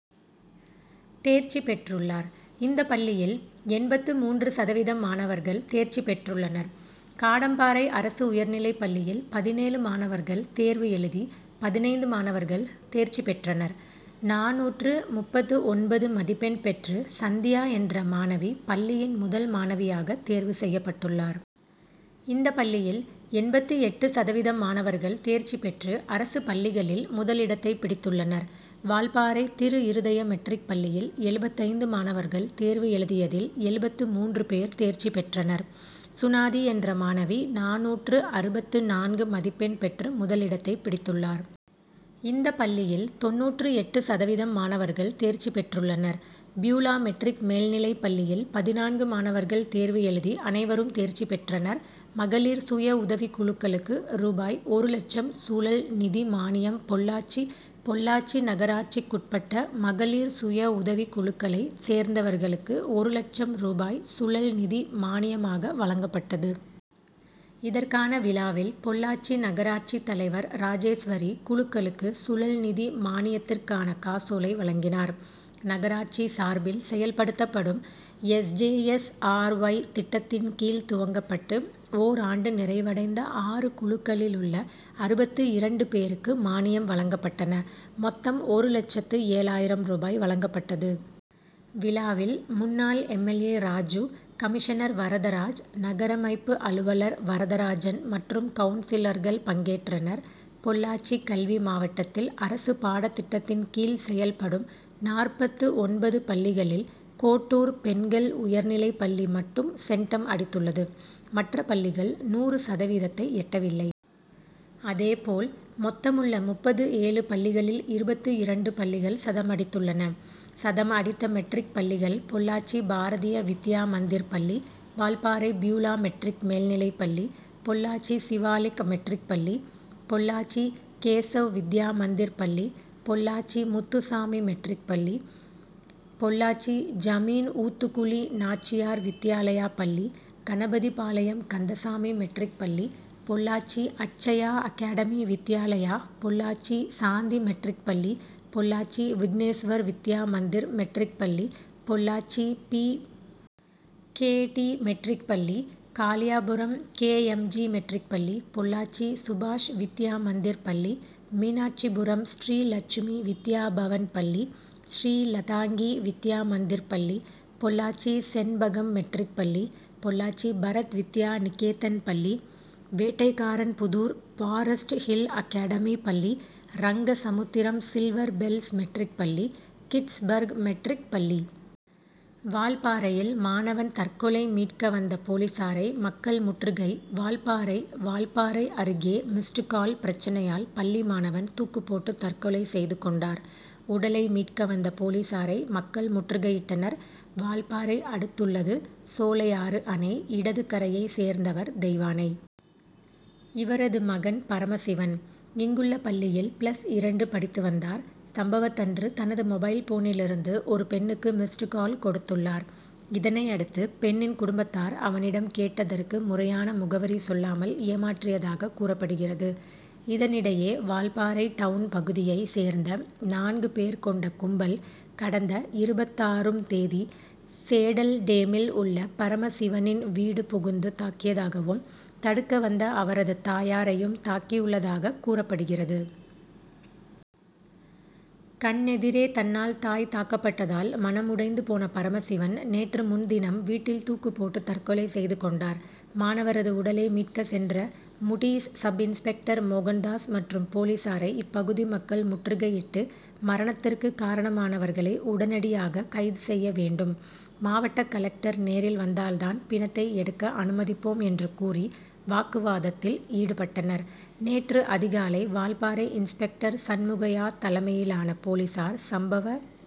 தேர்ச்சி பெற்றுள்ளார். இந்த பள்ளியில் எண்பத்து மூன்று சதவீதம் மாணவர்கள் தேர்ச்சி பெற்றுள்னர். காடம்பாறை அரசு உயர்நிலைப்பள்ளியில் பதினேழு மாணவர்கள் தேர்வு எழுதி பதினைந்து மாணவர்கள் தேர்ச்சி பெற்றனர். நானூற்று முப்பத்து ஒன்பது மதிப்பெண் பெற்று சந்தியா என்ற மாணவி பள்ளியின் முதல் மாணவியாக தேர்வு செய்யப் பட்டுள்ளார். இந்த பள்ளியில் எண்பத்து எட்டு சதவீதம் மாணவர்கள் தேர்ச்சி பெற்று அரசு பள்ளிகளில் முதலிடத்தை பிடித்துள்ளனர். வால்பாறை திருஇருதய மெட்ரிக் பள்ளியில் எழுபத்தைந்து மாணவர்கள் தேர்வு எழுதியதில், எழுபத்து மூன்று பேர் தேர்ச்சி பெற்றனர். சுனாதி என்ற மாணவி நானூற்று அறுபத்து நான்கு மதிப்பெண் பெற்று முதலிடத்தை பிடித்துள்ளார். இந்த பள்ளியில் தொண்ணூற்று எட்டு சதவீதம் மாணவர்கள் தேர்ச்சி பெற்றுள்ளனர். பியூலாமெட்ரிக் மேல்நிலைப்பள்ளியில் பதினான்கு மாணவர்கள் தேர்வு எழுதி அனைவரும் தேர்ச்சி பெற்றனர். மகளிர் சுயஉதவிக்குழுக்களுக்கு ரூ. ஒரு லட்சம் சுழல்நிதி மானியம் பொள்ளாச்சி பொள்ளாச்சி நகராட்சிக்குட்பட்ட மகளிர் சுயஉதவிக்குழுக்களை சேர்ந்தவர்களுக்கு, ஒரு லட்சம் ரூபாய் சுழல்நிதி மானியமாக வழங்கப்பட்டது. இதற்கான விழாவில், பொள்ளாச்சி நகராட்சி தலைவர் ராஜேஸ்வரி, குழுக்களுக்கு சுழல்நிதி மானியத்திற்கான காசோலை வழங்கினார். நகராட்சி சார்பில் செயல்படுத்தப்படும் S. J. S. R. Y., திட்டத்தின் கீழ் துவங்கப்பட்டு, ஓர் ஆண்டு நிறைவடைந்த ஆறு குழுக்களிலுள்ள அறுபத்து இரண்டு பேருக்கு மானியம் வழங்கப்பட்டன. மொத்தம் ஒரு லட்சத்து ஏழாயிரம் ரூபாய் வழங்கப்பட்டது. விழாவில், முன்னாள் M. L. A., Raju, commissioner Varadaraj, நகரமைப்பு அலுவலர் வரதராஜன் மற்றும் கவுன்சிலர்கள் பங்கேற்றனர். பொள்ளாச்சி கல்வி மாவட்டத்தில் அரசு பாடத்திட்டத்தின் கீழ் செயல்படும் நாற்பத்து ஒன்பது பள்ளிகளில், கோட்டூர் பெண்கள் உயர்நிலைப்பள்ளி மட்டும் சென்டம் அடித்துள்ளது. மற்ற பள்ளிகள் நூறு சதவீதத்தை எட்டவில்லை. அதேபோல், மொத்தமுள்ள முப்பத்து ஏழு பள்ளிகளில் இருபத்து இரண்டு பள்ளிகள் சதம் அடித்துள்ளன. சதம் அடித்த மெட்ரிக் பள்ளிகள் பொள்ளாச்சி பாரதிய வித்யா மந்திர் பள்ளி, வால்பாறை பியூலா மெட்ரிக் மேல்நிலைப்பள்ளி, பொள்ளாச்சி சிவாலிக் மெட்ரிக் பள்ளி, பொள்ளாச்சி கேசவ் வித்யா மந்திர் பள்ளி, பொள்ளாச்சி முத்துசாமி மெட்ரிக் பள்ளி, திவான்சாபுதூர் கிருஷ்ணா வித்யாலயா மெட்ரிக் பள்ளி, குஞ்சிபாளையம் விவேக் வித்யா மந்திர் பள்ளி, பொள்ளாச்சி ஜமீன்ஊத்துக்குளி நாச்சியார் வித்யாலயா பள்ளி, கணபதிபாளையம் கந்தசாமி மெட்ரிக் பள்ளி, பொள்ளாச்சி அட்சயா அகாடமி வித்யாலயா, பொள்ளாச்சி சாந்தி மெட்ரிக் பள்ளி, பொள்ளாச்சி விக்னேஷ்வர் வித்யா மந்திர் மெட்ரிக் பள்ளி, Pollachi P. K. D., matric பள்ளி, Kaliyapuram K. M. G., matric பள்ளி, பொள்ளாச்சி சுபாஷ் வித் யா மந்திர் பள்ளி, மீனாட்சிபுரம் ஸ்ரீலட் சுமி வித்யா பவன் பள்ளி, ஸ்ரீ லதாங்கி வித்யா மந்திர் பள்ளி, பொள்ளாச்சி செண் பகம் மெட்ரிக் பள்ளி, பொள்ளாச்சி பரத் வித்யா நிகேதன் பள்ளி, வேட்டைக்காரன்புதூர் பாரஸ்ட் ஹில் அகாடமி பள்ளி, ரங்கசமுத்திரம் சில்வர் பெல்ஸ் மெட்ரிக் பள்ளி, கிட்ஸ் பர்க் மெட்ரிக் பள்ளி. வால்பாறையில் மாணவன் தற்கொலை மீட்க வந்த போலீசாரை மக்கள் முற்றுகை வால்பாறை வால்பாறை அருகே மிஸ்டுகால்' பிரச்னையால் பள்ளி மாணவன் தூக்கு போட்டு தற்கொலை செய்துகொண்டார். உடலை மீட்க வந்த போலீசாரை மக்கள் முற்றுகையிட்டனர். வால்பாறை அடுத்துள்ளது சோலையாறு அணை இடது கரையை சேர்ந்தவர் தெய்வானை. இவரது மகன் பரமசிவன். இங்குள்ள பள்ளியில் பிளஸ் இரண்டு படித்து வந்தார். சம்பவத்தன்று தனது மொபைல்போனிலிருந்து ஒரு பெண்ணுக்கு மிஸ்டுகால் கொடுத்துள்ளார். இதனையடுத்து பெண்ணின் குடும்பத்தார் அவனிடம் கேட்டதற்கு முறையான முகவரி சொல்லாமல் ஏமாற்றியதாக கூறப்படுகிறது. இதனிடையே வால்பாறை டவுன் பகுதியை சேர்ந்த நான்கு பேர் கொண்ட கும்பல் கடந்த இருபத்தாறு ம் தேதி சேடல்டேமில் உள்ள பரமசிவனின் வீடு புகுந்து தாக்கியதாகவும், தடுக்க வந்த அவரது தாயாரையும் தாக்கியுள்ளதாக கூறப் படுகிறது. கண் எதிரே தன்னால் தாய் தாக்கப்பட்டதால் மனம் உடைந்த போன பரமசிவன், நேற்றுமுன்தினம் வீட்டில் தூக்கு போட்டு தற்கொலை செய்து கொண்டார். மாணவரது உடலை மீட்க சென்ற முடீஸ் சப்-இன்ஸ்பெக்டர் மோகன்தாஸ் மற்றும் போலீசாரை இப்பகுதி மக்கள் முற்றுகையிட்டு, மரணத்திற்கு காரணமானவர்களை உடனடியாக கைது செய்ய வேண்டும், மாவட்ட கலெக்டர் நேரில் வந்தால் தான் பிணத்தை எடுக்க அனுமதிப்போம் என்று கூறி வாக்குவாதத்தில் ஈடுபட்டனர். நேற்று அதிகாலை வால்பாறை இன்ஸ்பெக்டர் சண்முகையா தலைமையிலான போலீசார் சம்பவ